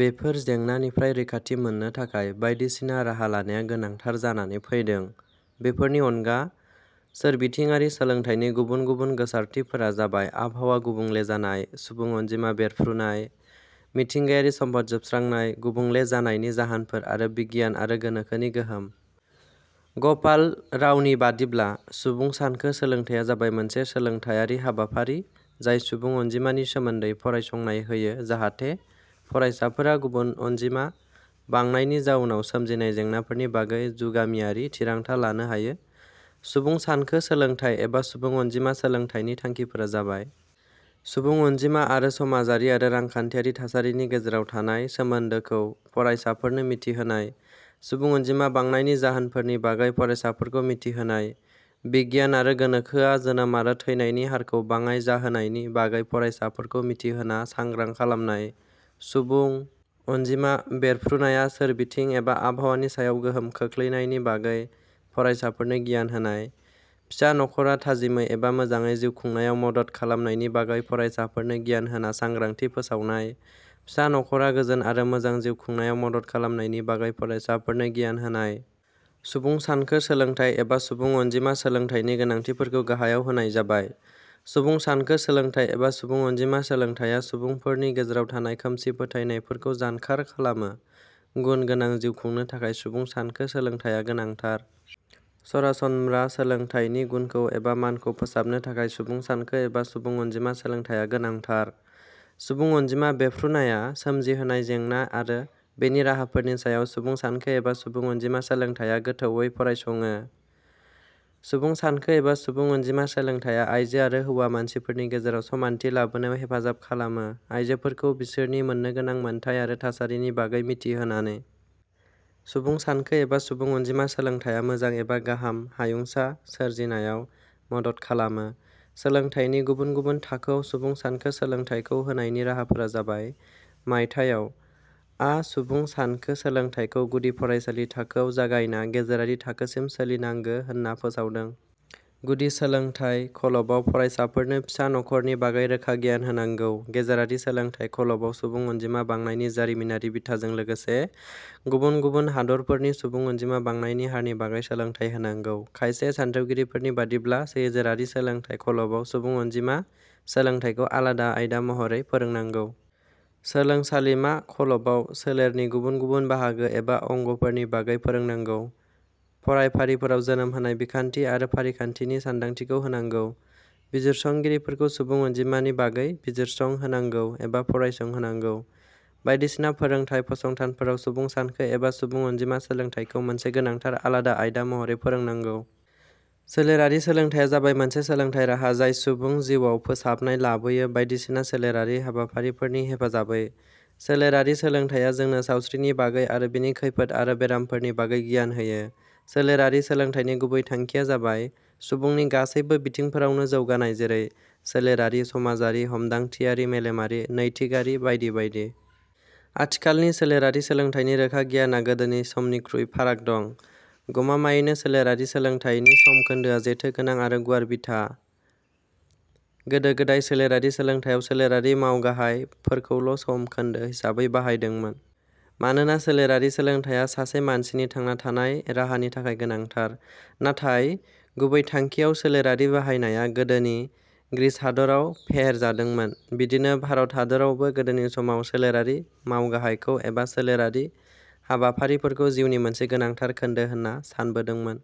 बेफोर जेंनानिफ्राय रैखाथि मोननो थाखाय बाइदिसिना राहा लानाया गोनांथार जानानै फैदों।. बेफोरनि अनगा, सोरबिथिङारि सोलोंथाइनि गुबुन गुबुन गोसारथिफोरा जाबाय, आबहावा गुबुंले जानाय, सुबुं अनजिमा बेफ्रुनाय, मिथिंगायारि सम्पद जोबस्रांनाय, गुबुंले जानायनि जाहोनफोर आरो बिगियान आरो गोनोखोनि गोहोम।: ग 'पाल रावनि बादिब्ला, "सुबुं सानखो सोलोंथाइया जाबाय मोनसे सोलोंथाइयारि हाबाफारि जाय सुबुं अनजिमानि सोमोन्दै फरायसंनाय होयो जाहाथे फरायसाफोरा सुबुं अनजिमा बांनायनि जाउनाव सोमजिनाय जेंनाफोरनि बागै जुगामियारि थिरांथा लानो हायो। सुबुं सानखो सोलोंथाइ एबा सुबुं अनजिमा सोलोंथाइनि थांखिफोरा जाबायः. सुबुं अनजिमा आरो समाजारि आरो रांखान्थियारि थासारिनि गेजेराव थानाय सोमोन्दैखौ फरायसाफोरनो मिथिहोनाय।. सुबुं अनजिमा बांनायनि जाहोनफोरनि बागै फरायसाफोरखौ मिथिहोनाय।. बिगियान आरो गोनोखोआ जोनोम आरो थैनायनि हारखौ बाङाय जाहोनायनि बागै फरायसाफोरखौ मिथि होना सांग्रां खालामनाय।.सुबुं अनजिमा बेरफ्रुनाया सोरबिथिं एबा आबहावानि सायाव गोहोम खोखलैनायनि बागै फरायसाफोरनो गियान होनाय।.फिसा नख 'रा थाजिमै एबा मोजांयै जिउ खुंनायाव मदद खालामनायनि बागै फरायसाफोरनो गियान होना सांग्रांथि फोसावनाय।.फिसा नख 'रा गोजोन आरो मोजां जिउ खुंनायाव मदद खालामनायनि बागै फरायसाफोरनो गियान होनाय।: सुबुं सानखो सोलोंथाइ एबा सुबुं अनजिमा सोलोंथाइनि गोनांथिफोरखौ गाहायाव होनाय जाबायः सुबुं सानखो सोलोंथाइ एबा सुबुं अनजिमा सोलोंथाइया सुबुंफोरनि गेजेराव थानाय खोमसि फोथायनाय फोरखौ जानखार खालामो। गुन गोनां जिउ खुंनो थाखाय सुबुं सानखो सोलोंथाइया गोनांथार। सरासनम्रा सोलोंथाइनि गुनखौ एबा मानखौ फोसाबनो थाखाय सुबुं सानखो एबा सुबुं अनजिमा सोलोंथाइया गोनांथार। सुबुं अनजिमा बेफ्रुनाया सोमजिहोनाय जेंना आरो बेनि राहाफोरनि सायाव सुबुं सानखो एबा सुबुं अनजिमा सोलोंथाइया गोथौयै फरायसङो। सुबुं सानखो एबा सुबुं अनजिमा सोलोंथाइया आइजो आरो हौवा मानसिफोरनि गेजेराव समानथि लाबोनायाव हेफाजाब खालामो आइजोफोरखौ बिसोरनि मोननो गोनां मोनथाइ आरो थासारिनि बागै मिथि होनानै। सुबुं सानखो एबा सुबुं अनजिमा सोलोंथाइया मोजां एबा गाहाम हायुंसा सोरजिनायाव मदद खालामो।: सोलोंथाइनि गुबुन गुबुन थाखोआव सुबुं सानखो सोलोंथाइखौ होनायनि राहाफोरा जाबाय:. मायथाइयाव, आ सुबुं सानखो सोलोंथाइखौ गुदि फरायसालि थाखोआव जागायना गेजेरारि थाखोसिम सोलिनांगो होनना फोसावदों।. गुदि सोलोंथाइ खल 'बाव फरायसाफोरनो फिसा नख 'रनि बागै रोखा गियान होनांगौ।. गेजेरारि सोलोंथाइ खल 'बाव सुबुं अनजिमा बांनायनि जारिमिनारि बिथाजों लोगोसे गुबुन गुबुन हादरफोरनि सुबुं अनजिमा बांनायनि हारनि बागै सोलोंथाइ होनांगौ।. खायसे सान्थौगिरिफोरनि बादिब्ला गेजेरारि सोलोंथाइ खल 'बाव सुबुं अनजिमा सोलोंथाइखौ आलादा आयदा महरै फोरोंनांगौ।. सोलोंसालिमा खल 'बाव, सोलेरनि गुबुन गुबुन बाहागो एबा अंग 'फोरनि बागै फोरोंनांगौ। फरायफारिफोराव जोनोम होनाय बिखान्थि आरो फारिखान्थिनि सान्दांथिखौ होनांगौ।. बिजिरसंगिरिफोरखौ सुबुं अनजिमानि बागै बिजिरसंहोनांगौ एबा फरायसं होनांगौ।. बायदिसिना फोरोंथाइ फसंथानफोराव सुबुं सानखो एबा सुबुं अनजिमा सोलोंथाइखौ मोनसे गोनांथार आलादा आयदा महरै फोरोंनांगौ।: सोलेरारि सोलोंथाइया जाबाय मोनसे सोलोंथाइ राहा जाय सुबुं जिउआव फोसाबनाय लाबोयो बायदिसिना सोलेरारि हाबाफारिफोरनि हेफाजाबै। सोलेरारि सोलोंथाइया जोंनो सावस्रिनि बागै आरो बेनि खैफोद आरो बेरामफोरनि बागै गियान होयो। सोलेरारि सोलोंथाइनि गुबै थांखिया जाबाय, सुबुंनि गासैबो बिथिंफोरावनो जौगानाय जेरै- सोलेरारि, समाजारि, हमदांथियारि, मेलेमारि, नैतिकआरि बायदि बायदि।: आथिखालनि सोलेरारि सोलोंथाइनि रोखा गियाना गोदोनि समनिख्रुइ फाराग दं। गमामायैनो "सोलेरारि सोलोंथाइ " नि सम खोन्दोआ जेथो गोनां आरो गुवार बिथा। गोदो गोदाय सोलेरारि सोलोंथाइयाव सोलेरारि मावगाहाय फोरखौल' सम खोन्दो हिसाबै बाहायदोंमोन। मानोना सोलेरारि सोलोंथाइया सासे मानसिनि थांना थानाय राहानि थाखाय गोनांथार। नाथाइ गुबै थांखियाव सोलेरारि बाहायनाया गोदोनि ग्रीच हादराव फेहेरजादोंमोन। बिदिनो भारत हादरावबो गोदोनि समाव सोलेरारि मावगाहायखौ एबा सोलेरारि हाबाफारिफोरखौ जिउनि मोनसे गोनांथार खोन्दो होनना सानबोदोंमोन।